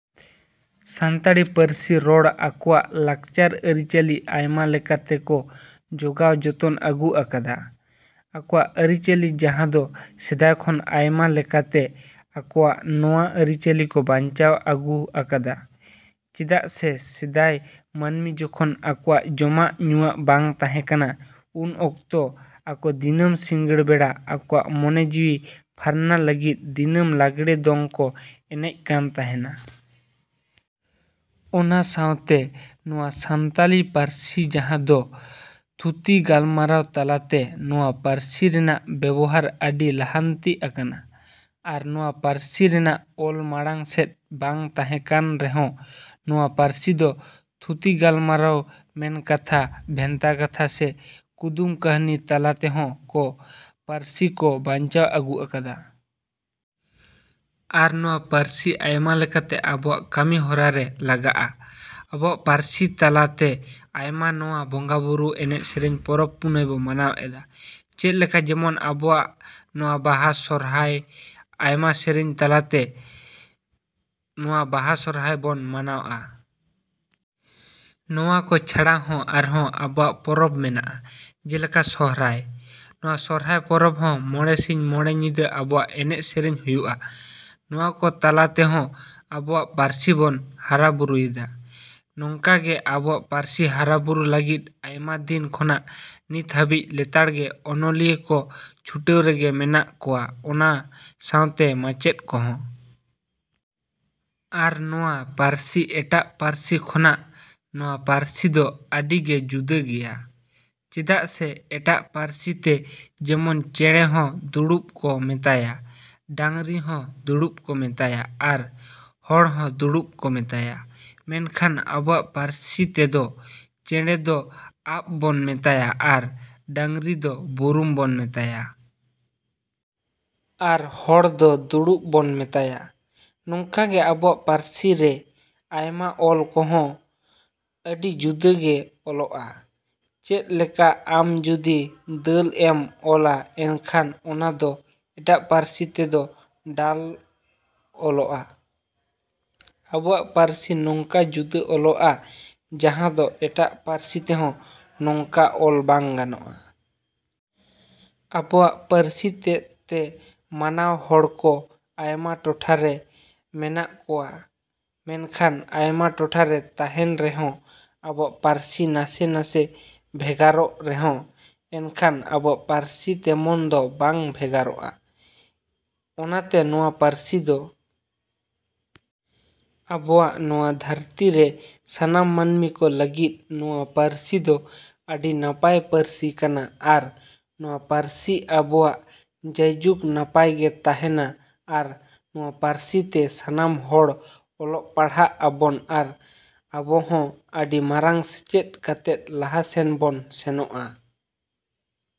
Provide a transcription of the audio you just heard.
ᱥᱟᱱᱛᱟᱲᱤ ᱯᱟᱹᱨᱥᱤ ᱨᱚᱲ ᱟᱠᱚᱣᱟᱜ ᱞᱟᱠᱪᱟᱨ ᱟᱹᱨᱤᱪᱟᱹᱞᱤ ᱟᱭᱢᱟ ᱞᱮᱠᱟ ᱛᱮᱠᱚ ᱡᱳᱜᱟᱣ ᱡᱚᱛᱚᱱ ᱟᱹᱜᱩ ᱟᱠᱟᱫᱟ᱾ ᱟᱠᱚᱣᱟᱜ ᱟᱹᱨᱤ-ᱪᱟᱹᱞᱤ ᱡᱟᱦᱟᱸ ᱫᱚ ᱥᱮᱫᱟᱭ ᱠᱷᱚᱱ ᱟᱭᱢᱟ ᱞᱮᱠᱟᱛᱮ ᱟᱠᱚᱣᱟᱜ ᱱᱚᱣᱟ ᱟᱹᱨᱤ-ᱪᱟᱹᱞᱤ ᱠᱚ ᱵᱟᱧᱪᱟᱣ ᱟᱹᱜᱩ ᱟᱠᱟᱫᱟ᱾ ᱪᱮᱫᱟᱜ ᱥᱮ ᱥᱮᱫᱟᱭ ᱢᱟᱹᱱᱢᱤ ᱡᱚᱠᱷᱚᱱ ᱟᱠᱚᱣᱟᱜ ᱡᱚᱢᱟᱜ ᱧᱩᱣᱟᱜ ᱵᱟᱝ ᱛᱟᱦᱮᱸ ᱠᱟᱱᱟ, ᱩᱱ ᱚᱠᱛᱚ ᱟᱠᱚ ᱫᱤᱱᱟᱹᱢ ᱥᱤᱸᱜᱟᱹᱲ ᱵᱮᱲᱟ ᱟᱠᱚᱣᱟᱜ ᱢᱚᱱᱮ ᱡᱤᱣᱤ ᱯᱷᱟᱨᱱᱟ ᱞᱟᱹᱜᱤᱫ ᱫᱤᱱᱟᱹᱢ ᱞᱟᱜᱽᱲᱮ ᱫᱚᱝ ᱠᱚ ᱮᱱᱮᱡ ᱠᱟᱱ ᱛᱟᱦᱮᱱᱟ᱾ ᱚᱱᱟ ᱥᱟᱶᱛᱮ ᱱᱚᱣᱟ ᱥᱟᱱᱛᱟᱞᱤ ᱯᱟᱹᱨᱥᱤ ᱡᱟᱦᱟᱸ ᱫᱚ ᱛᱷᱩᱛᱤ ᱜᱟᱞᱢᱟᱨᱟᱣ ᱛᱟᱞᱟᱛᱮ ᱱᱚᱣᱟ ᱯᱟᱹᱨᱥᱤ ᱨᱮᱱᱟᱜ ᱵᱮᱵᱚᱦᱟᱨ ᱟᱹᱰᱤ ᱞᱟᱦᱟᱱᱛᱤ ᱟᱠᱟᱱᱟ᱾ ᱟᱨ ᱱᱚᱣᱟ ᱯᱟᱹᱨᱥᱤ ᱨᱮᱱᱟᱜ ᱚᱞ ᱢᱟᱲᱟᱝ ᱥᱮᱫ ᱵᱟᱝ ᱛᱟᱦᱮᱸ ᱠᱟᱱ ᱨᱮᱦᱚᱸ ᱱᱚᱣᱟ ᱯᱟᱹᱨᱥᱤ ᱫᱚ ᱛᱷᱩᱛᱤ ᱜᱟᱞᱢᱟᱨᱟᱣ, ᱢᱮᱱᱠᱟᱛᱷᱟ, ᱵᱷᱮᱱᱛᱟ ᱠᱟᱛᱷᱟ ᱥᱮ ᱠᱩᱫᱩᱢ ᱠᱟᱹᱦᱱᱤ ᱛᱟᱞᱟ ᱛᱮᱦᱚᱸ ᱠᱚ ᱱᱚᱣᱟ ᱯᱟᱹᱨᱥᱤ ᱠᱚ ᱵᱟᱧᱪᱟᱣ ᱟᱹᱜᱩ ᱟᱠᱟᱫᱟ᱾ ᱟᱨ ᱱᱚᱣᱟ ᱯᱟᱹᱨᱥᱤ ᱟᱭᱢᱟ ᱞᱮᱠᱟᱛᱮ ᱟᱵᱚᱣᱟᱜ ᱠᱟᱹᱢᱤ ᱦᱚᱨᱟ ᱨᱮ ᱞᱟᱜᱟᱜᱼᱟ᱾ ᱟᱵᱚᱣᱟᱜ ᱯᱟᱹᱨᱥᱤ ᱛᱟᱞᱟᱛᱮ ᱟᱭᱢᱟ ᱱᱚᱣᱟ ᱵᱚᱸᱜᱟ-ᱵᱩᱨᱩ, ᱮᱱᱮᱡ ᱥᱮᱨᱮᱧ, ᱯᱚᱨᱚᱵᱽ-ᱯᱩᱱᱟᱹᱭ ᱵᱚ ᱢᱟᱱᱟᱣ ᱮᱫᱟ᱾ ᱪᱮᱫ ᱞᱮᱠᱟ ᱡᱮᱢᱚᱱ ᱟᱵᱚᱣᱟᱜ ᱱᱚᱣᱟ ᱵᱟᱦᱟ, ᱥᱚᱦᱨᱟᱭ ᱟᱭᱢᱟ ᱥᱮᱨᱮᱧ ᱛᱟᱞᱟᱛᱮ ᱱᱚᱣᱟ ᱵᱟᱦᱟ ᱥᱚᱦᱨᱟᱭ ᱵᱚᱱ ᱢᱟᱱᱟᱣᱟ᱾ ᱱᱚᱣᱟᱠᱚ ᱪᱷᱟᱲᱟ ᱦᱚᱸ ᱟᱨᱦᱚᱸ ᱟᱵᱚᱣᱟᱜ ᱯᱚᱨᱚᱵᱽ ᱢᱮᱱᱟᱜᱼᱟ ᱡᱮᱞᱮᱠᱟ ᱥᱚᱦᱨᱟᱭ᱾ ᱱᱚᱣᱟ ᱥᱚᱦᱨᱟᱭ ᱯᱚᱨᱚᱵᱽ ᱦᱚᱸ ᱢᱚᱬᱮ ᱥᱤᱧ ᱢᱚᱬᱮ ᱧᱤᱫᱟᱹ ᱟᱵᱚᱣᱟᱜ ᱮᱱᱮᱡ ᱥᱮᱨᱮᱧ ᱦᱩᱭᱩᱜᱼᱟ᱾ ᱱᱚᱣᱟᱠᱚ ᱛᱟᱞᱟ ᱛᱮᱦᱚᱸ ᱟᱵᱚᱣᱟᱜ ᱯᱟᱹᱨᱥᱤᱵᱚᱱ ᱦᱟᱨᱟ-ᱵᱩᱨᱩᱭᱮᱫᱟ᱾ ᱱᱚᱝᱠᱟᱜᱮ ᱟᱵᱚᱣᱟᱜ ᱯᱟᱹᱨᱥᱤ ᱦᱟᱨᱟ-ᱵᱩᱨᱩ ᱞᱟᱹᱜᱤᱫ ᱟᱭᱢᱟ ᱫᱤᱱ ᱠᱷᱚᱱᱟᱜ ᱱᱤᱛ ᱦᱟᱹᱵᱤᱡ ᱞᱮᱛᱟᱲᱜᱮ ᱚᱱᱚᱞᱤᱭᱟᱹ ᱠᱚ ᱪᱷᱩᱴᱟᱹᱣ ᱨᱮᱜᱮ ᱢᱮᱱᱟᱜ ᱠᱚᱣᱟ ᱚᱱᱟ ᱥᱟᱶᱛᱮ ᱢᱟᱪᱮᱫ ᱠᱚᱦᱚᱸ᱾ ᱟᱨ ᱱᱚᱣᱟ ᱯᱟᱹᱨᱥᱤ ᱮᱴᱟᱜ ᱯᱟᱹᱨᱥᱤ ᱠᱷᱚᱱᱟᱜ ᱱᱚᱣᱟ ᱯᱟᱹᱨᱥᱤ ᱫᱚ ᱟᱹᱰᱤᱜᱮ ᱡᱩᱫᱟᱹ ᱜᱮᱭᱟ᱾ ᱪᱮᱫᱟᱜ ᱥᱮ ᱮᱴᱟᱜ ᱯᱟᱹᱨᱥᱤᱛᱮ ᱡᱮᱢᱚᱱ ᱪᱮᱸᱬᱮ ᱦᱚᱸ ᱫᱩᱲᱩᱵ ᱠᱚ ᱢᱮᱛᱟᱭᱟ, ᱰᱟᱝᱨᱤ ᱦᱚᱸ ᱫᱩᱲᱩᱵ ᱠᱚ ᱢᱮᱛᱟᱭᱟ ᱟᱨ ᱦᱚᱲᱦᱚᱸ ᱫᱩᱲᱩᱵ ᱠᱚ ᱢᱮᱛᱟᱭᱟ᱾ ᱢᱮᱱᱠᱷᱟᱱ ᱟᱵᱚᱣᱟᱜ ᱯᱟᱹᱨᱥᱤ ᱛᱮᱫᱚ ᱪᱮᱸᱬᱮ ᱫᱚ ᱟᱯ ᱵᱚᱱ ᱢᱮᱛᱟᱭᱟ ᱟᱨ ᱰᱟᱝᱨᱤ ᱫᱚ ᱵᱩᱨᱩᱢ ᱵᱚᱱ ᱢᱮᱛᱟᱭᱟ᱾ ᱟᱨ ᱦᱚᱲ ᱫᱚ ᱫᱩᱲᱩᱵ ᱵᱚᱱ ᱢᱮᱛᱟᱭᱟ᱾ ᱱᱚᱝᱠᱟᱜᱮ ᱟᱵᱚᱣᱟᱜ ᱯᱟᱹᱨᱥᱤ ᱨᱮ ᱟᱭᱢᱟ ᱚᱞ ᱠᱚᱦᱚᱸ ᱟᱹᱰᱤ ᱡᱩᱫᱟᱹᱜᱮ ᱚᱞᱚᱜᱼᱟ᱾ ᱪᱮᱫ ᱞᱮᱠᱟ ᱟᱢ ᱡᱩᱫᱤ ᱫᱟᱹᱞ ᱮᱢ ᱚᱞᱟ ᱮᱱᱠᱷᱟᱱ ᱚᱱᱟ ᱫᱚ ᱮᱴᱟᱜ ᱯᱟᱹᱨᱥᱤ ᱛᱮᱫᱚ ᱰᱟᱞ ᱚᱞᱚᱜᱼᱟ᱾ ᱟᱵᱚᱣᱟᱜ ᱯᱟᱹᱨᱥᱤ ᱱᱚᱝᱠᱟ ᱡᱩᱫᱟᱹ ᱚᱞᱚᱜᱼᱟ ᱡᱟᱦᱟᱸ ᱫᱚ ᱮᱴᱟᱜ ᱯᱟᱹᱨᱥᱤ ᱛᱮᱦᱚᱸ ᱱᱚᱝᱠᱟ ᱚᱞ ᱵᱟᱝ ᱜᱟᱱᱚᱜᱼᱟ᱾ ᱟᱵᱚᱣᱟᱜ ᱯᱟᱹᱨᱥᱤ ᱛᱮᱫ ᱛᱮ ᱢᱟᱱᱟᱣᱦᱚᱲ ᱠᱚ ᱟᱭᱢᱟ ᱴᱚᱴᱷᱟ ᱨᱮ ᱢᱮᱱᱟᱜ ᱠᱚᱣᱟ᱾ ᱢᱮᱱᱠᱷᱟᱱ ᱟᱭᱢᱟ ᱴᱚᱴᱷᱟᱨᱮ ᱛᱟᱦᱮᱱ ᱨᱮᱦᱚᱸ ᱟᱵᱚᱣᱟᱜ ᱯᱟᱹᱨᱥᱤ ᱱᱟᱥᱮ ᱱᱟᱥᱮ ᱵᱷᱮᱜᱟᱨᱚᱜ ᱨᱮᱦᱚᱸ ᱮᱱᱠᱷᱟᱱ ᱟᱵᱚᱣᱟᱜ ᱯᱟᱹᱨᱥᱤ ᱛᱮᱢᱚᱱ ᱫᱚ ᱵᱟᱝ ᱵᱷᱮᱜᱟᱨᱚᱜᱼᱟ᱾ ᱚᱱᱟᱛᱮ ᱱᱚᱣᱟ ᱯᱟᱹᱨᱥᱤ ᱫᱚ ᱟᱵᱚᱣᱟᱜ ᱱᱚᱣᱟ ᱫᱷᱟᱹᱨᱛᱤ ᱨᱮ ᱥᱟᱱᱟᱢ ᱢᱟᱹᱱᱢᱤ ᱠᱚ ᱞᱟᱹᱜᱤᱫ ᱱᱚᱣᱟ ᱯᱟᱹᱨᱥᱤ ᱫᱚ ᱟᱹᱰᱤ ᱱᱟᱯᱟᱭ ᱯᱟᱹᱨᱥᱤ ᱠᱟᱱᱟ ᱟᱨ ᱱᱚᱣᱟ ᱯᱟᱹᱨᱥᱤ ᱟᱵᱚᱣᱟᱜ ᱡᱟᱭᱡᱩᱜᱽ ᱱᱟᱯᱟᱭᱜᱮ ᱛᱟᱦᱮᱱᱟ ᱟᱨ ᱱᱚᱣᱟ ᱯᱟᱹᱨᱥᱤ ᱛᱮ ᱥᱟᱱᱟᱢ ᱦᱚᱲ ᱚᱞᱚᱜ ᱯᱟᱲᱦᱟᱜ ᱟᱵᱚᱱ ᱟᱨ ᱟᱵᱚᱦᱚᱸ ᱟᱹᱰᱤ ᱢᱟᱨᱟᱝ ᱥᱮᱪᱮᱫ ᱠᱟᱛᱮᱫ ᱞᱟᱦᱟ ᱥᱮᱱ ᱵᱚᱱ ᱥᱮᱱᱚᱜᱼᱟ᱾